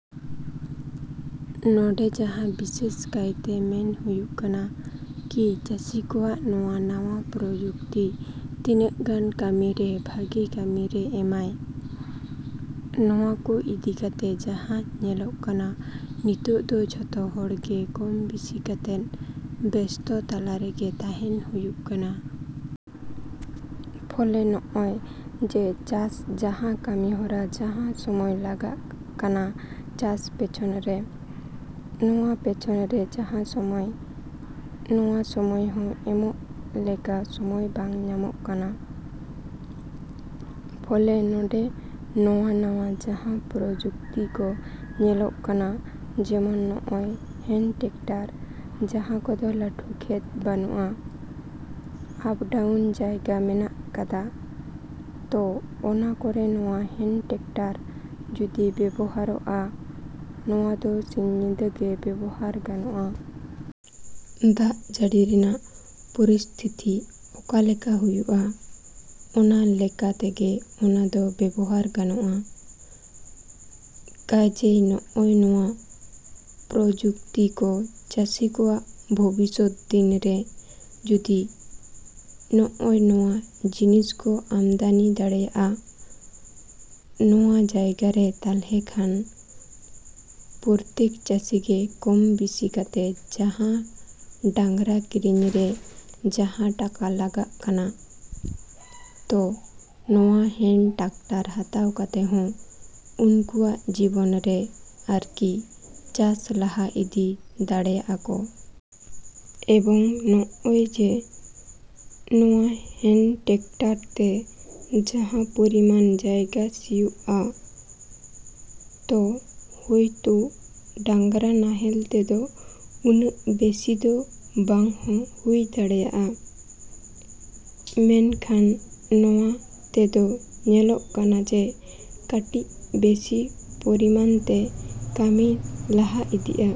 ᱱᱚᱸᱰᱮ ᱡᱟᱦᱟᱸ ᱵᱤᱥᱮᱥ ᱠᱟᱭᱛᱮ ᱢᱮᱱ ᱦᱩᱭᱩᱜ ᱠᱟᱱᱟ ᱠᱤ ᱪᱟᱹᱥᱤ ᱠᱚᱣᱟᱜ ᱱᱚᱣᱟ ᱱᱟᱣᱟ ᱯᱨᱚᱡᱩᱠᱛᱤ ᱛᱤᱱᱟᱹᱜ ᱜᱟᱱ ᱠᱟᱹᱢᱤ ᱨᱮ ᱵᱷᱟᱜᱮ ᱠᱟᱹᱢᱤ ᱨᱮ ᱮᱢᱟᱭ, ᱱᱚᱣᱟ ᱠᱚ ᱤᱫᱤ ᱠᱟᱛᱮᱫ ᱡᱟᱦᱟᱸ ᱧᱮᱞᱚᱜ ᱠᱟᱱᱟ ᱱᱤᱛᱳᱝ ᱫᱚ ᱡᱚᱛᱚ ᱦᱚᱲ ᱜᱮ ᱠᱚᱢ ᱵᱤᱥᱤ ᱠᱟᱛᱮᱫ ᱵᱮᱥᱛᱚ ᱛᱟᱞᱟ ᱨᱮᱜᱮ ᱛᱟᱦᱮᱱ ᱦᱩᱭᱩᱜ ᱠᱟᱱᱟ᱾ ᱯᱷᱚᱞᱮ ᱱᱚᱜ-ᱚᱭ ᱡᱮ ᱪᱟᱥ ᱡᱟᱦᱟᱸ ᱠᱟᱹᱢᱤ ᱦᱚᱨᱟ ᱡᱟᱦᱟᱸ ᱥᱚᱢᱚᱭ ᱞᱟᱜᱟᱜ ᱠᱟᱱᱟ ᱪᱟᱥ ᱯᱮᱪᱷᱚᱱ ᱨᱮ, ᱱᱚᱣᱟ ᱯᱮᱪᱷᱚᱱ ᱨᱮ ᱡᱟᱦᱟᱸ ᱥᱚᱢᱚᱭ, ᱱᱚᱣᱟ ᱥᱚᱢᱚᱭ ᱦᱚᱸ ᱮᱢᱚᱜ ᱞᱮᱠᱟ ᱥᱚᱢᱚᱭ ᱵᱟᱝ ᱧᱟᱢᱚᱜ ᱠᱟᱱᱟ᱾ ᱯᱷᱚᱞᱮ ᱱᱚᱸᱰᱮ ᱱᱚᱣᱟ ᱱᱟᱣᱟ ᱡᱟᱦᱟᱸ ᱯᱨᱚᱡᱩᱠᱛᱤ ᱠᱚ ᱧᱮᱞᱚᱜ ᱠᱟᱱᱟ ᱡᱮᱢᱚᱱ ᱱᱚᱜ-ᱚᱭ ᱦᱮᱱ ᱴᱮᱠᱴᱟᱨ ᱡᱟᱦᱟᱸ ᱠᱚᱫᱚ ᱞᱟᱹᱴᱩ ᱠᱷᱮᱛ ᱵᱟᱹᱱᱩᱜ-ᱟ, ᱟᱯᱰᱟᱣᱩᱱ ᱡᱟᱭᱜᱟ ᱢᱮᱱᱟᱜ ᱠᱟᱫ-ᱟ, ᱛᱚ ᱚᱱᱟ ᱠᱚᱨᱮ ᱱᱚᱣᱟ ᱦᱮᱱ ᱴᱮᱠᱴᱟᱨ ᱡᱩᱫᱤ ᱵᱮᱵᱚᱦᱟᱨᱚᱜ-ᱟ, ᱱᱚᱣᱟ ᱫᱚ ᱥᱤᱧ ᱧᱤᱫᱟᱹ ᱜᱮ ᱵᱮᱵᱚᱦᱟᱨ ᱜᱟᱱᱚᱜᱼᱟ᱾ ᱫᱟᱜ ᱡᱟᱹᱲᱤ ᱨᱮᱱᱟᱜ ᱯᱚᱨᱤᱥᱛᱷᱤᱛᱤ ᱚᱠᱟᱞᱮᱠᱟ ᱦᱩᱭᱩᱜ-ᱟ, ᱚᱱᱟᱞᱮᱠᱟ ᱛᱮᱜᱮ ᱚᱱᱟ ᱫᱚ ᱵᱮᱵᱚᱦᱟᱨ ᱜᱟᱱᱚᱜ-ᱟ᱾ ᱠᱟᱡᱮᱭ ᱱᱚᱜ-ᱚᱭ ᱱᱚᱣᱟ ᱯᱨᱚᱡᱩᱠᱛᱤ ᱠᱚ ᱪᱟᱹᱥᱤ ᱠᱚᱣᱟᱜ ᱵᱷᱚᱵᱤᱥᱥᱚᱛ ᱫᱤᱱ ᱨᱮ ᱡᱩᱫᱤ ᱱᱚᱜ-ᱚᱭ ᱱᱚᱣᱟ ᱡᱤᱱᱤᱥ ᱠᱚ ᱟᱢᱫᱟᱱᱤ ᱫᱟᱲᱮᱭᱟᱜ-ᱟ, ᱱᱚᱣᱟ ᱡᱟᱭᱜᱟ ᱨᱮ ᱛᱟᱦᱞᱮ ᱠᱷᱟᱱ ᱯᱨᱚᱛᱛᱮᱠ ᱪᱟᱹᱥᱤ ᱜᱮ ᱠᱚᱢ ᱵᱮᱥᱤ ᱠᱟᱛᱮᱫ ᱡᱟᱦᱟᱸ ᱰᱟᱝᱨᱟ ᱠᱤᱨᱤᱧ ᱨᱮ ᱡᱟᱦᱟᱸ ᱴᱟᱠᱟ ᱞᱟᱜᱟᱜ ᱠᱟᱱᱟ, ᱛᱚ ᱱᱚᱣᱟ ᱦᱮᱱ ᱴᱟᱠᱴᱟᱨ ᱦᱟᱛᱟᱣ ᱠᱟᱛᱮᱫ ᱦᱚᱸ ᱩᱱᱠᱩᱣᱟᱜ ᱡᱤᱵᱚᱱ ᱨᱮ ᱟᱨᱠᱤ ᱪᱟᱥ ᱞᱟᱦᱟ ᱤᱫᱤ ᱫᱟᱲᱮᱭᱟᱜ-ᱟ ᱠᱚ᱾ ᱮᱵᱚᱝ ᱱᱚᱜ-ᱚᱭ ᱡᱮ, ᱱᱚᱣᱟ ᱦᱮᱱ ᱴᱮᱠᱴᱟᱨ ᱛᱮ ᱡᱟᱦᱟᱸ ᱯᱚᱨᱤᱢᱟᱱ ᱡᱟᱭᱜᱟ ᱥᱤᱭᱚᱜᱼᱟ, ᱛᱚ ᱦᱳᱭᱛᱳ ᱰᱟᱝᱨᱟ ᱱᱟᱦᱮᱞ ᱛᱮᱫᱚ ᱩᱱᱟᱹᱜ ᱵᱮᱥᱤ ᱫᱚ ᱵᱟᱝ ᱦᱚᱸ ᱦᱩᱭ ᱫᱟᱲᱮᱭᱟᱜ-ᱟ᱾ ᱢᱮᱱᱠᱷᱟᱱ ᱱᱚᱣᱟ ᱛᱮᱫᱚ ᱧᱮᱞᱚᱜ ᱠᱟᱱᱟ ᱡᱮ ᱠᱟᱹᱴᱤᱡ ᱵᱮᱥᱤ ᱯᱚᱨᱤᱢᱟᱱ ᱛᱮ ᱠᱟᱹᱢᱤ ᱞᱟᱦᱟ ᱤᱫᱤᱜ-ᱟ᱾